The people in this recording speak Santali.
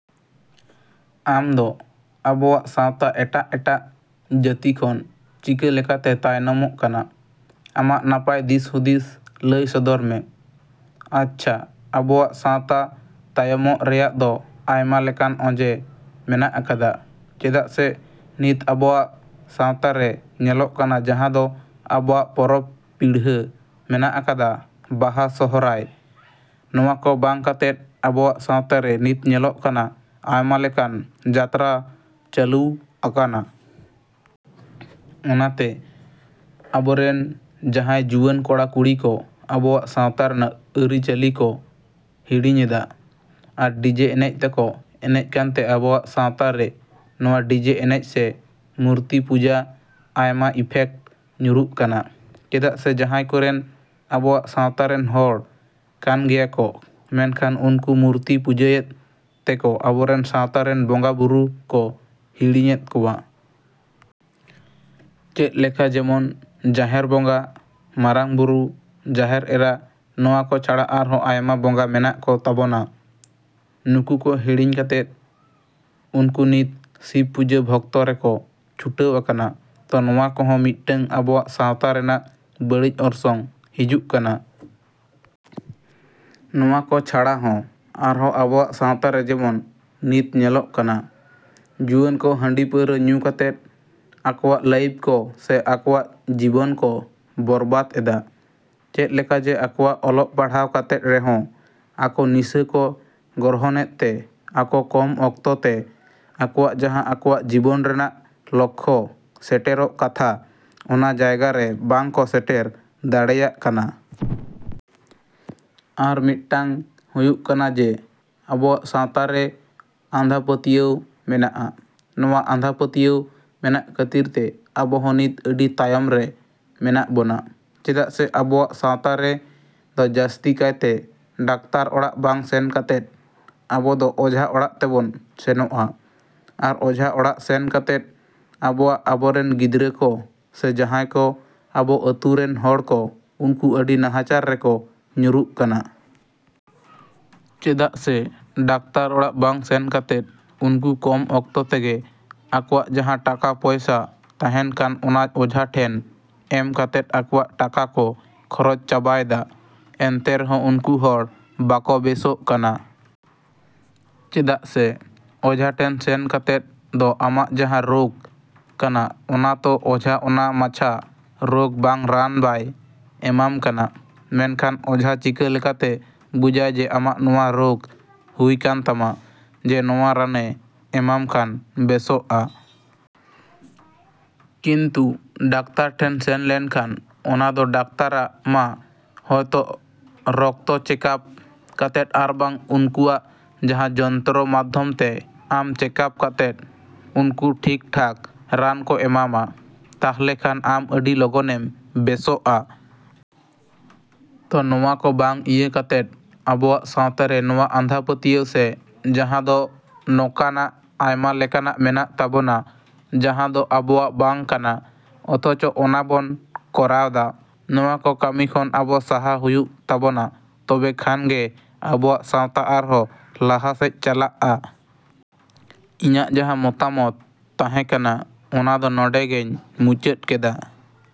ᱟᱢᱫᱚ ᱟᱵᱚᱣᱟᱜ ᱥᱟᱶᱛᱟ ᱮᱴᱟᱜ ᱮᱴᱟᱜ ᱡᱟᱹᱛᱤ ᱠᱷᱚᱱ ᱪᱤᱠᱟᱹ ᱞᱮᱠᱟᱛᱮ ᱛᱟᱭᱱᱚᱢᱚᱜ ᱠᱟᱱᱟ? ᱟᱢᱟᱜ ᱱᱟᱯᱟᱭ ᱫᱤᱥᱦᱩᱫᱤᱥ ᱞᱟᱹᱭ ᱥᱚᱫᱚᱨ ᱢᱮ᱾ ᱟᱪᱪᱷᱟ, ᱟᱵᱚᱣᱟᱜ ᱥᱟᱶᱛᱟ ᱛᱟᱭᱚᱢᱚᱜ ᱨᱮᱭᱟᱜ ᱫᱚ ᱟᱭᱢᱟ ᱞᱮᱠᱟᱱ ᱚᱡᱮ ᱢᱮᱱᱟᱜ ᱟᱠᱟᱫᱟ᱾ ᱪᱮᱫᱟᱜ ᱥᱮ ᱱᱤᱛ ᱟᱵᱚᱣᱟᱜ ᱥᱟᱶᱛᱟᱨᱮ ᱧᱮᱞᱚᱜ ᱠᱟᱱᱟ ᱡᱟᱦᱟᱸ ᱫᱚ ᱟᱵᱚᱣᱟᱜ ᱯᱚᱨᱚᱵᱽ ᱯᱤᱲᱦᱟᱹ ᱢᱮᱱᱟᱜ ᱟᱠᱟᱫᱟ, ᱵᱟᱦᱟ, ᱥᱚᱦᱚᱨᱟᱭ, ᱱᱚᱣᱟ ᱠᱚ ᱵᱟᱝ ᱠᱟᱛᱮᱫ ᱟᱵᱚᱣᱟᱜ ᱥᱟᱶᱛᱟᱨᱮ ᱱᱤᱛ ᱧᱮᱞᱚᱜ ᱠᱟᱱᱟ ᱟᱭᱢᱟ ᱞᱮᱠᱟᱱ ᱡᱟᱛᱨᱟ ᱪᱟᱹᱞᱩᱣ ᱟᱠᱟᱱᱟ᱾ ᱚᱱᱟᱛᱮ ᱟᱵᱚᱨᱮᱱ ᱡᱟᱦᱟᱸᱭ ᱡᱩᱣᱟᱹᱱ ᱠᱚᱲᱟ ᱠᱩᱲᱤ ᱠᱚ ᱟᱵᱚᱣᱟᱜ ᱥᱟᱶᱛᱟ ᱨᱮᱱᱟᱜ ᱟᱹᱨᱤᱪᱟᱞᱤ ᱠᱚ ᱦᱤᱲᱤᱧᱮᱫᱟ ᱟᱨ ᱰᱤᱡᱮ ᱮᱱᱮᱡ ᱛᱮᱠᱚ ᱮᱱᱮᱡ ᱠᱟᱱᱛᱮ ᱟᱵᱚᱣᱟᱜ ᱥᱟᱶᱛᱟᱨᱮ ᱱᱚᱣᱟ ᱰᱤᱡᱮ ᱮᱱᱮᱡ ᱥᱮ ᱢᱩᱨᱛᱤᱯᱩᱡᱟ ᱟᱭᱢᱟ ᱤᱯᱷᱮᱠᱴ ᱧᱩᱨᱩᱜ ᱠᱟᱱᱟ᱾ ᱪᱮᱫᱟᱜ ᱥᱮ ᱡᱟᱦᱟᱭ ᱠᱚᱨᱮᱱ ᱟᱵᱚᱣᱟᱜ ᱥᱟᱶᱛᱟᱨᱮᱱ ᱦᱚᱲ ᱠᱟᱱᱜᱮᱭᱟ ᱠᱚ, ᱢᱮᱱᱠᱷᱟᱱ ᱩᱱᱠᱩ ᱢᱩᱨᱛᱤ ᱯᱩᱡᱟᱹᱭᱮᱫ ᱛᱮᱠᱚ ᱟᱵᱚᱨᱮᱱ ᱥᱟᱶᱛᱟᱨᱮᱱ ᱵᱚᱸᱜᱟ ᱵᱩᱨᱩ ᱠᱚ ᱦᱤᱲᱤᱧᱮᱫ ᱠᱚᱣᱟ᱾ ᱪᱮᱫ ᱞᱮᱠᱟ ᱡᱮᱢᱚᱱ ᱡᱟᱦᱮᱨ ᱵᱚᱸᱜᱟ, ᱢᱟᱨᱟᱝ ᱵᱩᱨᱩ, ᱡᱟᱦᱮᱨ ᱮᱨᱟ, ᱱᱚᱣᱟ ᱠᱚ ᱪᱷᱟᱲᱟ ᱟᱨᱦᱚᱸ ᱟᱭᱢᱟ ᱵᱚᱸᱜᱟ ᱢᱮᱱᱟᱜ ᱠᱚ ᱛᱟᱵᱚᱱᱟ᱾ ᱱᱩᱠᱩ ᱠᱚ ᱦᱤᱲᱤᱧ ᱠᱟᱛᱮᱫ ᱩᱱᱠᱩ ᱱᱤᱛ ᱥᱤᱵ ᱯᱩᱡᱟᱹ ᱵᱷᱚᱠᱛᱚ ᱨᱮᱠᱚ ᱪᱷᱩᱴᱟᱹᱣ ᱟᱠᱟᱱᱟ᱾ ᱛᱚ ᱱᱚᱣᱟ ᱠᱚᱦᱚᱸ ᱢᱤᱫᱴᱟᱝ ᱟᱵᱚᱣᱟᱜ ᱥᱟᱶᱛᱟ ᱨᱮᱱᱟᱜ ᱵᱟᱹᱲᱤᱡ ᱚᱨᱥᱚᱝ ᱦᱤᱡᱩᱜ ᱠᱟᱱᱟ᱾ ᱱᱚᱣᱟ ᱠᱚ ᱪᱷᱟᱲᱟ ᱦᱚᱸ ᱟᱨᱦᱚᱸ ᱟᱵᱚᱣᱟᱜ ᱥᱟᱶᱛᱟᱨᱮ ᱡᱮᱢᱚᱱ ᱱᱤᱛ ᱧᱮᱞᱚᱜ ᱠᱟᱱᱟ ᱡᱩᱣᱟᱹᱱ ᱠᱚ ᱦᱟᱺᱰᱤ ᱯᱟᱹᱣᱨᱟᱹ ᱧᱩ ᱠᱟᱛᱮᱫ ᱟᱠᱚᱣᱟᱜ ᱞᱟᱭᱤᱯᱷ ᱠᱚ ᱥᱮ ᱟᱠᱚᱣᱟᱜ ᱡᱤᱵᱚᱱ ᱠᱚ ᱵᱚᱨᱵᱟᱫᱽ ᱮᱫᱟ᱾ ᱪᱮᱫ ᱞᱮᱠᱟ ᱡᱮ ᱟᱠᱚᱣᱟᱜ ᱚᱞᱚᱜ ᱯᱟᱲᱦᱟᱣ ᱠᱟᱛᱮᱫ ᱨᱮᱦᱚᱸ ᱟᱠᱚ ᱱᱤᱥᱟᱹ ᱠᱚ ᱜᱨᱚᱦᱚᱱᱮᱫ ᱛᱮ ᱟᱠᱚ ᱠᱚᱢ ᱚᱠᱛᱚᱛᱮ ᱟᱠᱚᱣᱟᱜ ᱡᱟᱦᱟᱸ ᱟᱠᱚᱣᱟᱜ ᱡᱤᱵᱚᱱ ᱨᱮᱱᱟᱜ ᱞᱚᱠᱠᱷᱚ ᱥᱮᱴᱮᱨᱚᱜ ᱠᱟᱛᱷᱟ ᱚᱱᱟ ᱡᱟᱭᱜᱟ ᱨᱮ ᱵᱟᱝ ᱠᱚ ᱥᱮᱴᱮᱨ ᱫᱟᱲᱮᱭᱟᱜ ᱠᱟᱱᱟ᱾ ᱟᱨ ᱢᱤᱫᱴᱟᱝ ᱦᱩᱭᱩᱜ ᱠᱟᱱᱟ ᱡᱮ ᱟᱵᱚᱣᱟᱜ ᱥᱟᱶᱛᱟᱨᱮ ᱟᱸᱫᱷᱟᱯᱟᱹᱛᱭᱟᱹᱣ ᱢᱮᱱᱟᱜ-ᱟ᱾ ᱱᱚᱣᱟ ᱟᱸᱫᱷᱟᱯᱟᱹᱛᱭᱟᱹᱣ ᱢᱮᱱᱟᱜ ᱠᱷᱟᱹᱛᱤᱨᱛᱮ ᱟᱵᱚ ᱦᱚᱸ ᱱᱤᱛ ᱟᱹᱰᱤ ᱛᱟᱭᱚᱢ ᱨᱮ ᱢᱮᱱᱟᱜ ᱵᱚᱱᱟ᱾ ᱪᱮᱫᱟᱜ ᱥᱮ ᱟᱵᱚᱣᱟᱜ ᱥᱟᱶᱛᱟᱨᱮ ᱫᱚ ᱡᱟᱥᱛᱤ ᱠᱟᱭᱛᱮ ᱰᱟᱠᱛᱟᱨ ᱚᱲᱟᱜ ᱵᱟᱝ ᱥᱮᱱ ᱠᱟᱛᱮᱫ ᱟᱵᱚ ᱫᱚ ᱚᱡᱷᱟ ᱚᱲᱟᱜ ᱛᱮᱵᱚᱱ ᱥᱮᱱᱚᱜ-ᱟ ᱟᱨ ᱚᱡᱷᱟ ᱚᱲᱟᱜ ᱥᱮᱱ ᱠᱟᱛᱮᱫ ᱟᱵᱚᱣᱟᱜ ᱟᱵᱚᱨᱮᱱ ᱜᱤᱫᱽᱨᱟᱹ ᱠᱚ ᱥᱮ ᱡᱟᱦᱟᱭ ᱠᱚ ᱟᱵᱚ ᱟᱹᱛᱩ ᱨᱮᱱ ᱦᱚᱲ ᱠᱚ ᱩᱱᱠᱩ ᱟᱹᱰᱤ ᱱᱟᱦᱟᱪᱟᱨ ᱨᱮᱠᱚ ᱧᱩᱨᱩᱜ ᱠᱟᱱᱟ᱾ ᱪᱮᱫᱟᱜ ᱥᱮ ᱰᱟᱠᱛᱟᱨ ᱚᱲᱟᱜ ᱵᱟᱝ ᱥᱮᱱ ᱠᱟᱛᱮᱫ ᱩᱱᱠᱩ ᱠᱚᱢ ᱚᱠᱛᱚ ᱛᱮᱜᱮ ᱟᱠᱚᱣᱟᱜ ᱡᱟᱦᱟᱸ ᱴᱟᱠᱟ ᱯᱚᱭᱥᱟ ᱛᱟᱦᱮᱱ ᱠᱟᱱ ᱚᱱᱟ ᱚᱡᱷᱟ ᱴᱷᱮᱱ ᱮᱢ ᱠᱟᱛᱮᱫ ᱟᱠᱚᱣᱟᱜ ᱴᱟᱠᱟ ᱠᱚ ᱠᱷᱚᱨᱚᱪ ᱪᱟᱵᱟᱭᱫᱟ ᱮᱱᱛᱮ ᱨᱮᱦᱚᱸ ᱩᱱᱠᱩ ᱦᱚᱲ ᱵᱟᱠᱚ ᱵᱮᱥᱳᱜ ᱠᱟᱱᱟ᱾ ᱪᱮᱫᱟᱜ ᱥᱮ ᱚᱡᱷᱟᱴᱷᱮᱱ ᱥᱮᱱ ᱠᱟᱛᱮᱫ ᱫᱚ ᱟᱢᱟᱜ ᱡᱟᱦᱟᱸ ᱨᱳᱜᱽ ᱠᱟᱱᱟ ᱚᱱᱟᱛᱚ ᱚᱡᱷᱟ ᱚᱱᱟ ᱢᱟᱪᱷᱟ ᱨᱳᱜᱽ ᱵᱟᱝ ᱨᱟᱱ ᱵᱟᱭ ᱮᱢᱟᱢ ᱠᱟᱱᱟ᱾ ᱢᱮᱱᱠᱷᱟᱱ ᱚᱡᱷᱟ ᱪᱤᱠᱟᱹ ᱞᱮᱠᱟᱛᱮ ᱵᱩᱡᱟᱭ ᱡᱮ ᱟᱢᱟᱜ ᱱᱚᱣᱟ ᱨᱳᱜᱽ ᱦᱩᱭ ᱠᱟᱱᱛᱟᱢᱟ ᱡᱮ ᱱᱚᱣᱟ ᱨᱟᱱᱮ ᱮᱢᱟᱢ ᱠᱷᱟᱱ ᱵᱮᱥᱚᱜ-ᱟ᱾ ᱠᱤᱱᱛᱩ ᱰᱟᱠᱛᱟᱨ ᱴᱷᱮᱱ ᱥᱮᱱ ᱞᱮᱱᱠᱷᱟᱱ ᱚᱱᱟ ᱫᱚ ᱰᱟᱠᱛᱟᱨᱟᱜ ᱢᱟ ᱦᱚᱭᱛᱚ ᱨᱚᱠᱛᱚ ᱪᱮᱠᱟᱯ ᱠᱟᱛᱮᱫ ᱟᱨᱵᱟᱝ ᱩᱱᱠᱩᱣᱟᱜ ᱡᱟᱦᱟᱸ ᱡᱚᱱᱛᱨᱚ ᱢᱟᱫᱫᱷᱚᱢ ᱛᱮ ᱟᱢ ᱪᱮᱠᱟᱯ ᱠᱟᱛᱮᱫ ᱩᱱᱠᱩ ᱴᱷᱤᱠ ᱴᱷᱟᱠ ᱨᱟᱱ ᱠᱚ ᱮᱢᱟᱢᱟ᱾ ᱛᱟᱦᱞᱮ ᱠᱷᱟᱱ ᱟᱢ ᱟᱹᱰᱤ ᱞᱚᱜᱚᱱᱮᱢ ᱵᱮᱥᱚᱜ-ᱟ᱾ ᱛᱚ ᱱᱚᱣᱟ ᱠᱚ ᱵᱟᱝ ᱤᱭᱟᱹ ᱠᱟᱛᱮᱫ ᱟᱵᱚᱣᱟᱜ ᱥᱟᱶᱛᱟᱨᱮ ᱱᱚᱣᱟ ᱟᱸᱫᱷᱟ ᱯᱟᱹᱛᱭᱟᱹᱣ ᱥᱮ ᱡᱟᱦᱟᱸ ᱫᱚ ᱱᱚᱠᱟᱱᱟᱜ ᱟᱭᱢᱟ ᱞᱮᱠᱟᱱᱟᱜ ᱢᱮᱱᱟᱜ ᱛᱟᱵᱚᱱᱟ ᱡᱟᱦᱟᱸ ᱫᱚ ᱟᱵᱚᱣᱟᱜ ᱵᱟᱝ ᱠᱟᱱᱟ ᱚᱛᱷᱚᱪᱚ ᱚᱱᱟ ᱵᱚᱱ ᱠᱚᱨᱟᱣ ᱫᱟ᱾ ᱱᱚᱣᱟ ᱠᱚ ᱠᱟᱢᱤ ᱠᱷᱚᱱ ᱟᱵᱚ ᱥᱟᱦᱟ ᱦᱩᱭᱩᱜ ᱛᱟᱵᱚᱱᱟ ᱛᱚᱵᱮ ᱠᱷᱟᱱ ᱜᱮ ᱟᱵᱚᱣᱟᱜ ᱥᱟᱶᱛᱟ ᱟᱨᱦᱚᱸ ᱞᱟᱦᱟᱥᱮᱡ ᱪᱟᱞᱟᱜ-ᱟ᱾ ᱤᱧᱟᱜ ᱡᱟᱦᱟᱸ ᱢᱚᱛᱟᱢᱚᱛ ᱛᱟᱦᱮ ᱠᱟᱱᱟ ᱚᱱᱟ ᱫᱚ ᱱᱚᱰᱮᱜᱮᱧ ᱢᱩᱪᱟᱹᱫ ᱠᱮᱫᱟ᱾